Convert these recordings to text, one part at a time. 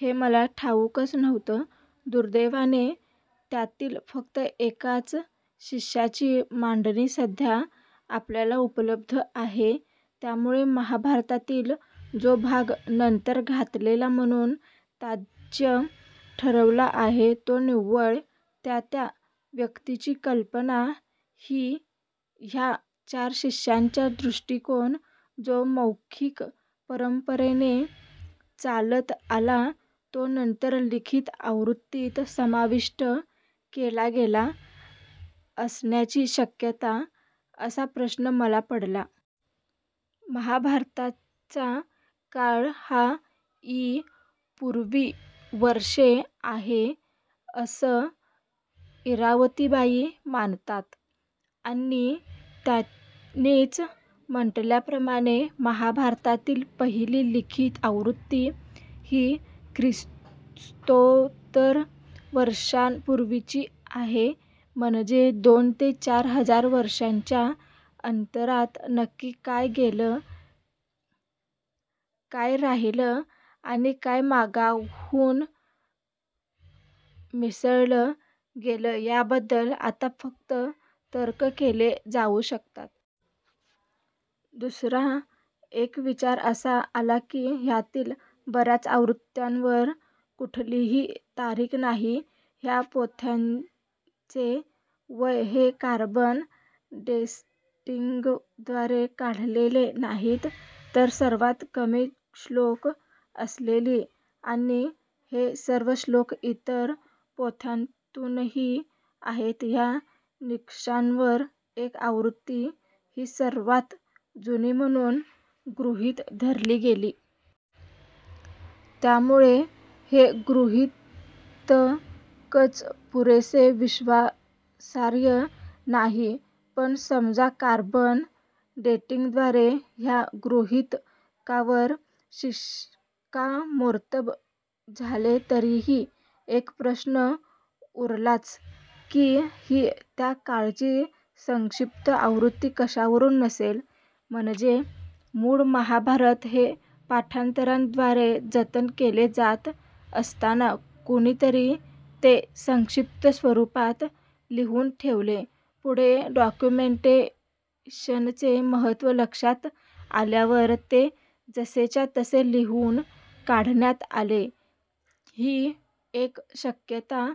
हे मला ठाऊकच नव्हतं. दुर्दैवाने त्यातील फक्त एकाच शिष्याची मांडणी सध्या आपल्याला उपलब्ध आहे. त्यामुळे महाभारतातील जो भाग नंतर घातलेला म्हणून त्याज्य ठरवला आहे तो निव्वळ त्या त्या व्यक्तीची कल्पना की ह्या चार शिष्यांचा दृष्टिकोन जो मौखिक परंपरेने चालत आला तो नंतर लिखित आवृत्तीत समाविष्ट केला गेला असण्याची शक्यता असा प्रश्न मला पडला. महाभारताचा काळ हा इ. पूर्वी वर्षे आहे असं इरावतीबाई मानतात आणि त्यांनीच म्हटल्याप्रमाणे महाभारताची पहिली लिखित आवृत्ती ही ख्रिस्तोत्तर वर्षापूर्वीची आहे. म्हणजे दोन ते चार हजार वर्षांच्या अंतरात नक्की काय गेलं काय राहिलं आणि काय मागाहून मिसळलं गेलं ह्याबद्दल आता फक्त तर्क केले जाऊ शकतात. दुसरा एक विचार असा आला की ह्यातील बऱ्याच आवृत्त्यांवर कुठलीही तारीख नाही. ह्या पोथ्यांचे वय हे कार्बन डेटिंगद्वारे काढलेले नाहीत, तर सर्वात कमी श्लोक असलेली आणि हे सर्व श्लोक इतर पोथ्यांतूनही आहेत ह्या निकषांवर एक आवृत्ती ही सर्वात जुनी म्हणून गृहीत धरली गेली. त्यामुळे हे गृहीतकच पुरेसे विश्वासार्ह नाही पण समजा कार्बन डेटिंगद्वारे ह्या गृहीतकावर शिक्कामोर्तब झाले तरीही एक प्रश्न उरलाच की ही त्या काळची संक्षिप्त आवृत्ती कशावरून नसेल? म्हणजे मूळ महाभारत हे पाठांतराद्वारे जतन केले जात असताना कुणीतरी ते संक्षिप्त स्वरूपात लिहून ठेवले पुढे डॉक्युमेंटेशनचे महत्त्व लक्षात आल्यावर ते जसेच्या तसे लिहून काढण्यात आले ही एक शक्यता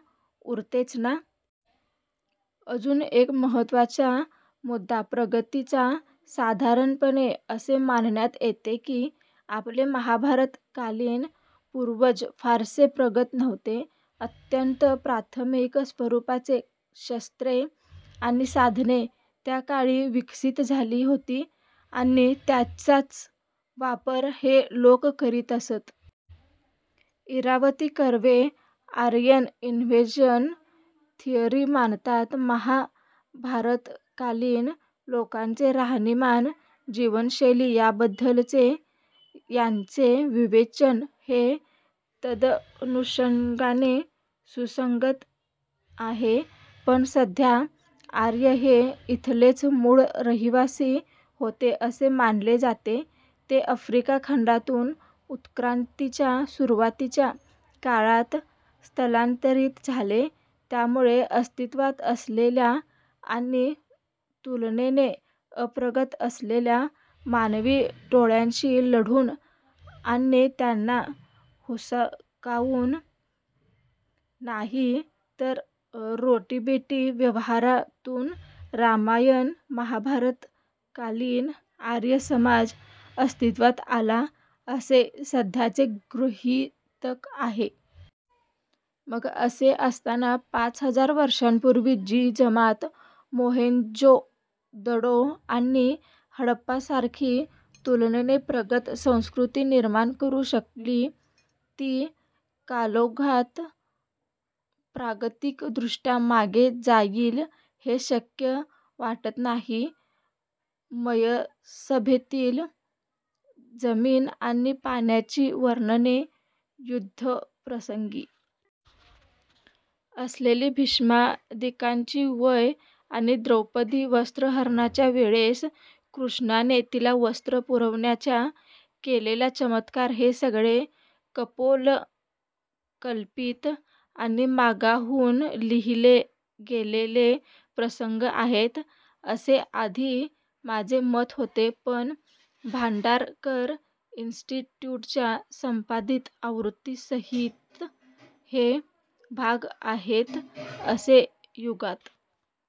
उरतेच ना? अजून एक महत्त्वाचा मुद्दा प्रगतीचा. साधारणपणे असे मानण्यात येते की आपले महाभारतकालीन पूर्वज फारसे प्रगत नव्हते. अत्यंत प्राथमिक स्वरूपाची शस्त्रे आणि साधने त्या काळी विकसित झाली होती आणि त्यांचाच वापर हे लोक करीत असत. Irawati Karve Aryan invasion theory मानतात. महाभारतकालीन लोकांचे राहणीमान, जीवनशैली याबद्दलचे त्यांचे विवेचन हे तदनुषंगाने सुसंगत आहे. पण सध्या आर्य हे इथलेच मूळ रहिवासी होते असे मानले जाते. ते आफ्रिका खंडातून उत्क्रांतीच्या सुरुवातीच्या काळात स्थलांतरित झाले, त्यावेळी अस्तित्वात असलेल्या आणि तुलनेने अप्रगत असलेल्या मानवी टोळ्यांशी लढून आणि त्यांना हुसकावून नाही तर रोटीबेटी व्यवहारातून रामायण-महाभारतकालीन आर्य समाज अस्तित्वात आला असे सध्याचे गृहीतक आहे. मग असे असताना पाच हजार वर्षांपूर्वी जी जमात मोहेंजोदडो आणि हडप्पासारखी तुलनेने प्रगत संस्कृती निर्माण करू शकली ती कालौघात प्रागतिक दृष्ट्या मागे जाईल हे शक्य वाटत नाही. मयसभेतील जमीन आणि पाण्याची वर्णने, युद्धप्रसंगी असलेली भीष्मादिकांची वय, आणि द्रौपदी वस्त्रहरणाच्या वेळेस कृष्णाने तिला वस्त्र पुरवण्याचा केलेला चमत्कार हे सगळे कपोलकल्पित आणि मागाहून लिहिले गेलेले प्रसंग आहेत असे आधी माझे मत होते पण भांडारकर इन्स्टिट्यूटच्या संपादित आवृत्तीतही हे भाग आहेत असे युगांत